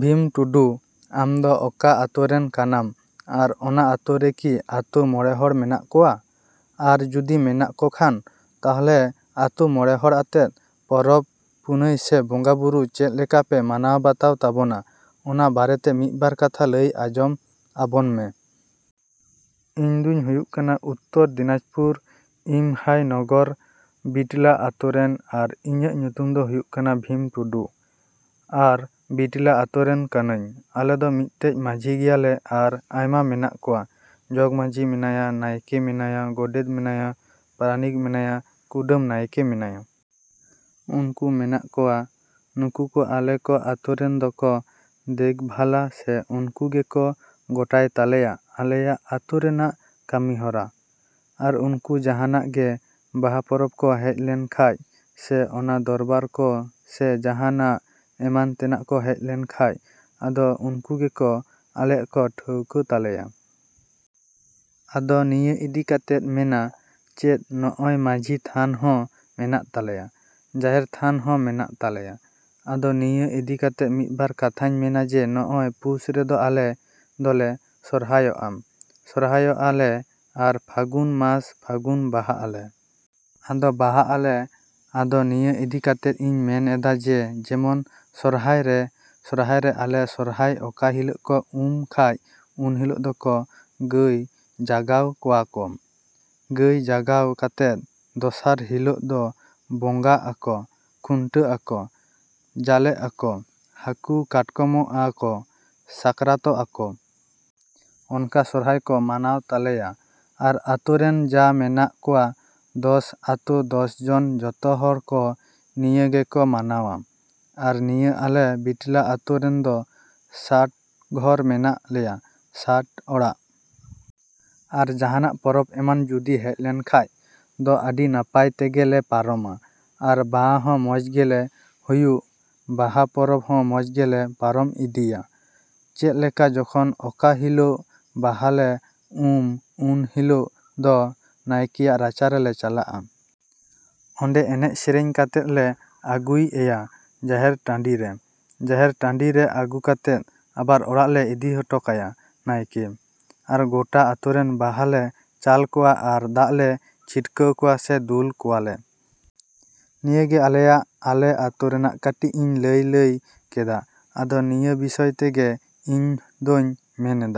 ᱵᱷᱤᱢ ᱴᱩᱰᱩ, ᱟᱢᱫᱚ ᱚᱠᱟ ᱟᱛᱳ ᱨᱮᱱ ᱠᱟᱱᱟᱢ ᱟᱨ ᱚᱱᱟ ᱟᱛᱳ ᱨᱮ ᱠᱤ ᱟᱛᱳ ᱢᱚᱬᱮ ᱦᱚᱲ ᱢᱮᱱᱟᱜ ᱠᱚᱣᱟ? ᱟᱨ ᱡᱩᱫᱤ ᱢᱮᱱᱟᱜ ᱠᱚᱠᱷᱟᱱ ᱛᱟᱦᱞᱮ ᱟᱛᱳ ᱢᱚᱬᱮ ᱦᱚᱲ ᱟᱛᱮᱫ ᱯᱚᱨᱚᱵᱽ ᱯᱩᱱᱟᱹᱭ ᱥᱮ ᱵᱚᱸᱜᱟᱼᱵᱩᱨᱩ ᱪᱮᱫ ᱞᱮᱠᱟᱯᱮ ᱢᱟᱱᱟᱣ ᱵᱟᱛᱟᱣ ᱛᱟᱵᱚᱱᱟ ᱚᱱᱟ ᱵᱟᱨᱮᱛᱮ ᱢᱤᱫ ᱵᱟᱨ ᱠᱟᱛᱷᱟ ᱞᱟᱹᱭ ᱟᱸᱡᱚᱢ ᱟᱵᱚᱱ ᱢᱮ᱾ ᱤᱧ ᱫᱩᱧ ᱦᱩᱭᱩᱜ ᱠᱟᱱᱟ ᱩᱛᱛᱚᱨ ᱫᱤᱱᱟᱡᱽᱯᱩᱨ ᱤᱢᱦᱟᱹᱭᱱᱚᱜᱚᱨ ᱵᱤᱴᱞᱟ ᱟᱛᱳ ᱨᱮᱱ ᱟᱨ ᱤᱧᱟᱹᱜ ᱧᱩᱛᱩᱢ ᱫᱚ ᱦᱩᱭᱩᱜ ᱠᱟᱱᱟ ᱵᱷᱤᱢ ᱴᱩᱰᱩ᱾ ᱟᱨ ᱵᱤᱴᱞᱟ ᱟᱛᱳ ᱨᱮᱱ ᱠᱟᱹᱱᱟᱹᱧ᱾ ᱟᱞᱮ ᱫᱚ ᱢᱤᱫᱴᱮᱡ ᱢᱟᱹᱡᱷᱤ ᱜᱮᱭᱟᱞᱮ ᱟᱨ ᱟᱭᱢᱟ ᱢᱮᱱᱟᱜ ᱠᱚᱣᱟ, ᱡᱚᱜᱽ ᱢᱟᱹᱡᱷᱤ ᱢᱮᱱᱟᱭᱟ, ᱱᱟᱭᱠᱮ ᱢᱮᱱᱟᱭᱟ, ᱜᱳᱰᱮᱛ ᱢᱮᱱᱟᱭᱟ, ᱯᱟᱨᱟᱱᱤᱠ ᱢᱮᱱᱟᱭᱟ, ᱠᱩᱰᱟᱹᱢ ᱱᱟᱭᱠᱮ ᱢᱮᱱᱟᱭᱟ᱾ ᱩᱱᱠᱩ ᱢᱮᱱᱟᱜ ᱠᱚᱣᱟ᱾ ᱱᱩᱠᱩ ᱠᱚ ᱟᱞᱮ ᱠᱚ ᱟᱛᱳ ᱨᱮᱱ ᱫᱚᱠᱚ ᱫᱮᱠᱷᱵᱷᱟᱞᱟ ᱥᱮ ᱩᱱᱠᱩ ᱜᱮᱠᱚ ᱜᱳᱴᱟᱭ ᱛᱟᱞᱮᱭᱟ ᱟᱞᱮᱭᱟᱜ ᱟᱛᱳ ᱨᱮᱱᱟᱜ ᱠᱟᱹᱢᱤᱦᱚᱨᱟ᱾ ᱟᱨ ᱩᱱᱠᱩ ᱡᱟᱦᱟᱱᱟᱜ ᱜᱮ ᱵᱟᱦᱟ ᱯᱚᱨᱚᱵᱽ ᱠᱚ ᱦᱮᱡ ᱞᱮᱱᱠᱷᱟᱡ ᱥᱮ ᱚᱱᱟ ᱫᱚᱨᱵᱟᱨ ᱠᱚ ᱥᱮ ᱡᱟᱦᱟᱱᱟᱜ ᱮᱢᱟᱱ ᱛᱮᱱᱟᱜ ᱠᱚ ᱦᱮᱡ ᱞᱮᱱᱠᱷᱟᱡ ᱟᱫᱚ ᱩᱱᱠᱩ ᱜᱮᱠᱚ ᱟᱞᱮᱭᱟᱜ ᱠᱚ ᱴᱷᱟᱹᱣᱠᱟᱹ ᱛᱟᱞᱮᱭᱟ᱾ ᱟᱫᱚ ᱱᱤᱭᱟᱹ ᱤᱫᱤ ᱠᱟᱛᱮᱫ ᱢᱮᱱᱟ, ᱪᱮᱫ ᱱᱚᱜᱼᱚᱭ ᱢᱟᱹᱡᱷᱤ ᱛᱷᱟᱱ ᱦᱚᱸ ᱢᱮᱱᱟᱜ ᱛᱟᱞᱮᱭᱟ, ᱡᱟᱦᱮᱨ ᱛᱷᱟᱱ ᱦᱚᱸ ᱢᱮᱱᱟᱜ ᱛᱟᱞᱮᱭᱟ᱾ ᱟᱫᱚ ᱱᱤᱭᱟᱹ ᱤᱫᱤ ᱠᱟᱛᱮᱫ ᱢᱤᱫ ᱵᱟᱨ ᱠᱟᱛᱷᱟᱧ ᱢᱮᱱᱟ ᱡᱮ ᱱᱚᱜᱼᱚᱭ ᱯᱩᱥ ᱨᱮᱫᱚ ᱟᱞᱮ ᱫᱚᱞᱮ ᱥᱚᱨᱦᱟᱭᱚᱜᱼᱟ᱾ ᱥᱚᱨᱦᱟᱭᱚᱜᱼᱟ ᱞᱮ ᱟᱨ ᱯᱷᱟᱹᱜᱩᱱ ᱢᱟᱥ, ᱯᱷᱟᱹᱜᱩᱱ ᱵᱟᱦᱟᱜ ᱟᱞᱮ᱾ ᱟᱫᱚ ᱵᱟᱦᱟᱜ ᱟᱞᱮ ᱟᱫᱚ ᱱᱤᱭᱟᱹ ᱤᱫᱤ ᱠᱟᱛᱮᱫ ᱤᱧ ᱢᱮᱱ ᱮᱫᱟ ᱡᱮ ᱡᱮᱢᱚᱱ ᱥᱚᱨᱦᱟᱭ ᱨᱮ, ᱥᱚᱨᱦᱟᱭ ᱨᱮ ᱟᱞᱮ ᱥᱚᱨᱦᱟᱭ ᱚᱠᱟ ᱦᱤᱞᱳᱜ ᱠᱚ ᱩᱢ ᱠᱷᱟᱡ ᱩᱱ ᱦᱤᱞᱳᱜ ᱫᱚᱠᱚ ᱜᱟᱹᱭ ᱡᱟᱜᱟᱣ ᱠᱚᱣᱟ ᱠᱚ᱾ ᱜᱟᱹᱭ ᱡᱟᱜᱟᱣ ᱠᱟᱛᱮᱫ ᱫᱚᱥᱟᱨ ᱦᱤᱞᱟᱹᱜ ᱫᱚ ᱵᱚᱸᱜᱟᱸᱜ ᱟᱠᱚ, ᱠᱷᱩᱱᱴᱟᱹᱜ ᱟᱠᱚ, ᱡᱟᱞᱮᱜ ᱟᱠᱚ, ᱦᱟᱹᱠᱩ ᱠᱟᱴᱠᱚᱢᱚᱜᱼᱟ ᱠᱚ, ᱥᱟᱠᱨᱟᱛᱚᱜᱼᱟ ᱠᱚ᱾ ᱚᱱᱠᱟ ᱥᱚᱨᱦᱟᱭ ᱠᱚ ᱢᱟᱱᱟᱣ ᱛᱟᱞᱮᱭᱟ᱾ ᱟᱨ ᱟᱛᱳ ᱨᱮᱱ ᱡᱟ ᱢᱮᱱᱟᱜ ᱠᱚᱣᱟ ᱫᱚᱥ ᱟᱛᱳ ᱫᱚᱥ ᱡᱚᱱ ᱡᱚᱛᱚᱦᱚᱲ ᱠᱚ ᱱᱤᱭᱟᱹ ᱜᱮᱠᱚ ᱢᱟᱱᱟᱣᱟ᱾ ᱟᱨ ᱱᱤᱭᱟᱹ ᱟᱞᱮ ᱵᱤᱴᱞᱟ ᱟᱛᱳ ᱨᱮᱱ ᱫᱚ ᱥᱟᱴ ᱜᱷᱚᱨ ᱢᱮᱱᱟᱜ ᱞᱮᱭᱟ, ᱥᱟᱴ ᱚᱲᱟᱜ᱾ ᱟᱨ ᱡᱟᱦᱟᱱᱟᱜ ᱯᱚᱨᱚᱵᱽ ᱮᱢᱟᱱ ᱡᱩᱫᱤ ᱦᱮᱡ ᱞᱮᱱᱠᱷᱟᱡ ᱫᱚ ᱟᱹᱰᱤ ᱱᱟᱯᱟᱭ ᱛᱮᱜᱮᱞᱮ ᱯᱟᱨᱚᱢᱟ᱾ ᱟᱨ ᱵᱟᱦᱟ ᱦᱚᱸ ᱢᱚᱡᱽ ᱜᱮᱞᱮ ᱦᱩᱭᱩᱜ, ᱵᱟᱦᱟ ᱯᱚᱨᱚᱵᱽ ᱦᱚᱸ ᱢᱚᱡᱽ ᱜᱮᱞᱮ ᱯᱟᱨᱚᱢ ᱤᱫᱤᱭᱟ᱾ ᱪᱮᱫ ᱞᱮᱠᱟ ᱡᱚᱠᱷᱚᱱ ᱚᱠᱟ ᱦᱤᱞᱳᱜ ᱵᱟᱦᱟ ᱞᱮ ᱩᱢ ᱩᱱ ᱦᱤᱞᱳᱜ ᱫᱚ ᱱᱟᱭᱠᱮᱭᱟᱜ ᱨᱟᱪᱟ ᱨᱮᱞᱮ ᱪᱟᱞᱟᱜᱼᱟ᱾ ᱚᱸᱰᱮ ᱮᱱᱮᱡᱼᱥᱮᱨᱮᱧ ᱠᱟᱛᱮᱫ ᱞᱮ ᱟᱹᱜᱩᱭ ᱮᱭᱟ ᱡᱟᱦᱮᱨ ᱴᱟᱺᱰᱤ ᱨᱮ᱾ ᱡᱟᱦᱮᱨ ᱴᱟᱺᱰᱤ ᱨᱮ ᱟᱹᱜᱩ ᱠᱟᱛᱮᱫ ᱟᱵᱟᱨ ᱚᱲᱟᱜ ᱞᱮ ᱤᱫᱤ ᱚᱴᱚ ᱠᱟᱭᱟ ᱱᱟᱭᱠᱮ᱾ ᱟᱨ ᱜᱳᱴᱟ ᱟᱛᱳ ᱨᱮᱱ ᱵᱟᱦᱟ ᱞᱮ ᱪᱟᱞ ᱠᱚᱣᱟ ᱟᱨ ᱫᱟᱜ ᱞᱮ ᱪᱷᱤᱴᱠᱟᱹᱣ ᱠᱚᱣᱟ ᱥᱮ ᱫᱩᱞ ᱠᱚᱣᱟᱞᱮ᱾ ᱱᱤᱭᱟᱹ ᱜᱮ ᱟᱞᱮᱭᱟᱜ ᱟᱞᱮ ᱟᱛᱳ ᱨᱮᱱᱟᱜ ᱠᱟᱹᱴᱤᱡ ᱤᱧ ᱞᱟᱹᱭ ᱞᱟᱹᱭ ᱠᱮᱫᱟ᱾ ᱟᱫᱚ ᱱᱤᱭᱟᱹ ᱵᱤᱥᱚᱭ ᱛᱮᱜᱮ ᱤᱧ ᱫᱚᱧ ᱢᱮᱱ ᱮᱫᱟ᱾